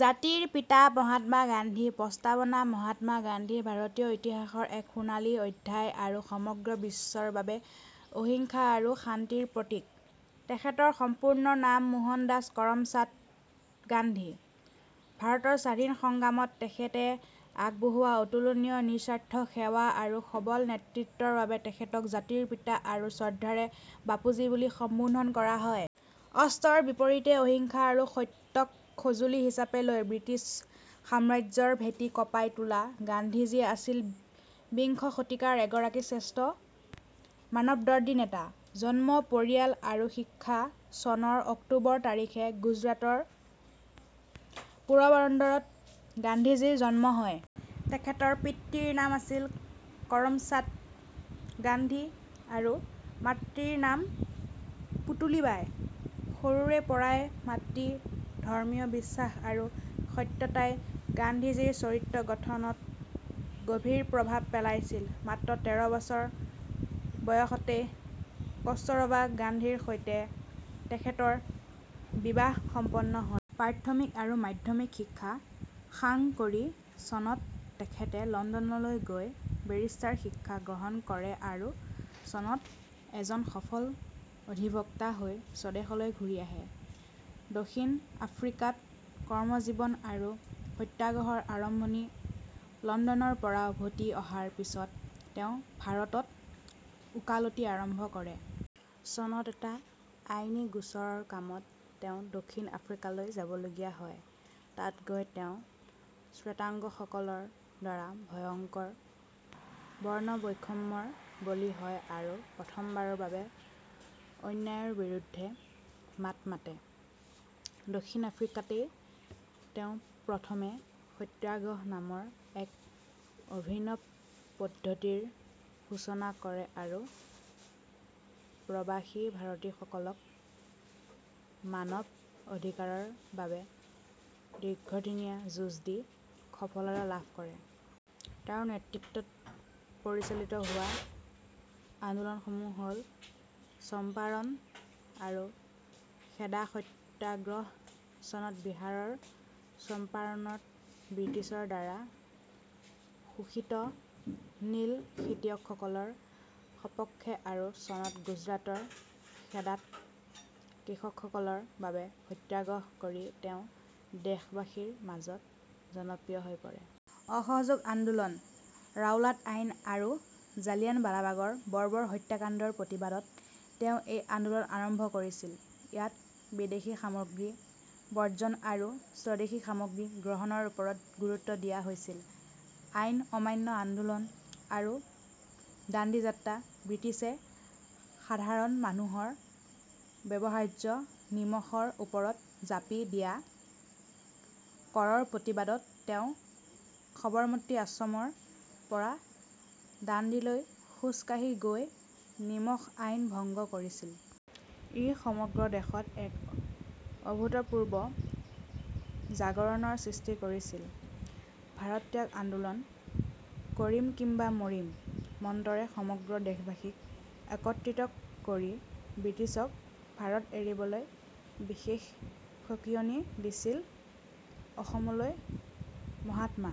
জাতিৰ পিতা মহাত্মা গান্ধী প্ৰস্তাৱনা মহাত্মা গান্ধী ভাৰতীয় ইতিহাসৰ এক সোণোৱালী অধ্যায় আৰু সমগ্ৰ বিশ্বৰ বাবে অহিংসা আৰু শান্তিৰ প্ৰতীক। তেখেতৰ সম্পূৰ্ণ নাম মোহনদাস কৰমচান্দ গান্ধী। ভাৰতৰ স্বাধীনতা সংগ্ৰামত তেখেতে আগবঢ়োৱা অতুলনীয় নিস্বাৰ্থ সেৱা আৰু সবল নেতৃত্বৰ বাবে তেখেতক 'জাতিৰ পিতা' আৰু শ্ৰদ্ধাৰে 'বাপুজী' বুলি সম্বোধন কৰা হয়। অস্ত্ৰৰ বিপৰীতে 'অহিংসা' আৰু 'সত্য'ক সঁজুলি হিচাপে লৈ ব্ৰিটিছ সাম্ৰাজ্যৰ ভেটি কঁপাই তোলা গান্ধীজী আছিল বিংশ শতিকাৰ এগৰাকী শ্ৰেষ্ঠ মানৱদৰ্দী নেতা। জন্ম, পৰিয়াল আৰু শিক্ষা চনৰ অক্টোবৰ তাৰিখে গুজৰাটৰ পোৰবন্দৰত গান্ধীজীৰ জন্ম হয়। তেখেতৰ পিতৃৰ নাম আছিল কৰমচান্দ গান্ধী আৰু মাতৃৰ নাম পুতলীবাই। সৰুৰে পৰাই মাতৃৰ ধৰ্মীয় বিশ্বাস আৰু সততাই গান্ধীজীৰ চৰিত্ৰ গঠনত গভীৰ প্ৰভাৱ পেলাইছিল। মাত্ৰ তেৰ বছৰ বয়সতে কস্তুৰবা গান্ধীৰ সৈতে তেখেতৰ বিবাহ সম্পন্ন হয়। প্ৰাথমিক আৰু মাধ্যমিক শিক্ষা সাং কৰি চনত তেখেতে লণ্ডনলৈ গৈ বেৰিষ্টাৰী শিক্ষা গ্ৰহণ কৰে আৰু চনত এজন সফল অধিবক্তা হৈ স্বদেশলৈ ঘূৰি আহে। দক্ষিণ আফ্ৰিকাত কৰ্মজীৱন আৰু সত্যাগ্ৰহৰ আৰম্ভণি লণ্ডনৰ পৰা উভতি অহাৰ পিছত তেওঁ ভাৰতত ওকালতি আৰম্ভ কৰে। চনত এটা আইনী গোচৰৰ কামত তেওঁ দক্ষিণ আফ্ৰিকালৈ যাবলগীয়া হয়। তাত গৈ তেওঁ শ্বেতাংগসকলৰ দ্বাৰা ভয়ংকৰ বৰ্ণবৈষম্যৰ বলি হয় আৰু প্ৰথমবাৰৰ বাবে অন্যায়ৰ বিৰুদ্ধে মাত মাতে। দক্ষিণ আফ্ৰিকাতেই তেওঁ প্ৰথমে 'সত্যাগ্ৰহ' নামৰ এক অভিনৱ পদ্ধতিৰ সূচনা কৰে আৰু প্ৰবাসী ভাৰতীয়সকলৰ মানৱ অধিকাৰৰ বাবে দীৰ্ঘদিনীয়া যুঁজ দি সফলতা লাভ কৰে। তেওঁৰ নেতৃত্বত পৰিচালিত হোৱা প্ৰধান আন্দোলনসমূহ হ'ল: চম্পাৰণ আৰু খেদা সত্যাগ্ৰহ: চনত বিহাৰৰ চম্পাৰণত ব্ৰিটিছৰ দ্বাৰা শোষিত নীল খেতিয়কসকলৰ সপক্ষে আৰু চনত গুজৰাটৰ খেদাত কৃষকসকলৰ বাবে সত্যাগ্ৰহ কৰি তেওঁ দেশবাসীৰ মাজত জনপ্ৰিয় হৈ পৰে। অসহযোগ আন্দোলন: ৰাওলাট আইন আৰু জালিয়ানৱালাবাগৰ বৰ্বৰ হত্যাকাণ্ডৰ প্ৰতিবাদত তেওঁ এই আন্দোলন আৰম্ভ কৰিছিল। ইয়াত বিদেশী সামগ্ৰী বৰ্জন আৰু স্বদেশী সামগ্ৰী গ্ৰহণৰ ওপৰত গুৰুত্ব দিয়া হৈছিল। আইন অমান্য আন্দোলন আৰু দাণ্ডি যাত্ৰা: ব্ৰিটিছে সাধাৰণ মানুহৰ ব্যৱহাৰ্য নিমখৰ ওপৰত জাপি দিয়া কৰৰ প্ৰতিবাদত তেওঁ সবৰমতী আশ্ৰমৰ পৰা দাণ্ডিলৈ খোজকাঢ়ি গৈ নিমখ আইন ভংগ কৰিছিল। ই সমগ্ৰ দেশত এক অভূতপূৰ্ব জাগৰণৰ সৃষ্টি কৰিছিল। ভাৰত ত্যাগ আন্দোলন: "কৰিম কিম্বা মৰিম" মন্ত্ৰৰে সমগ্ৰ দেশবাসীক একত্ৰিত কৰি ব্ৰিটিছক ভাৰত এৰিবলৈ সৰ্বশেষ সকীয়নি দিছিল। অসমলৈ মহাত্মা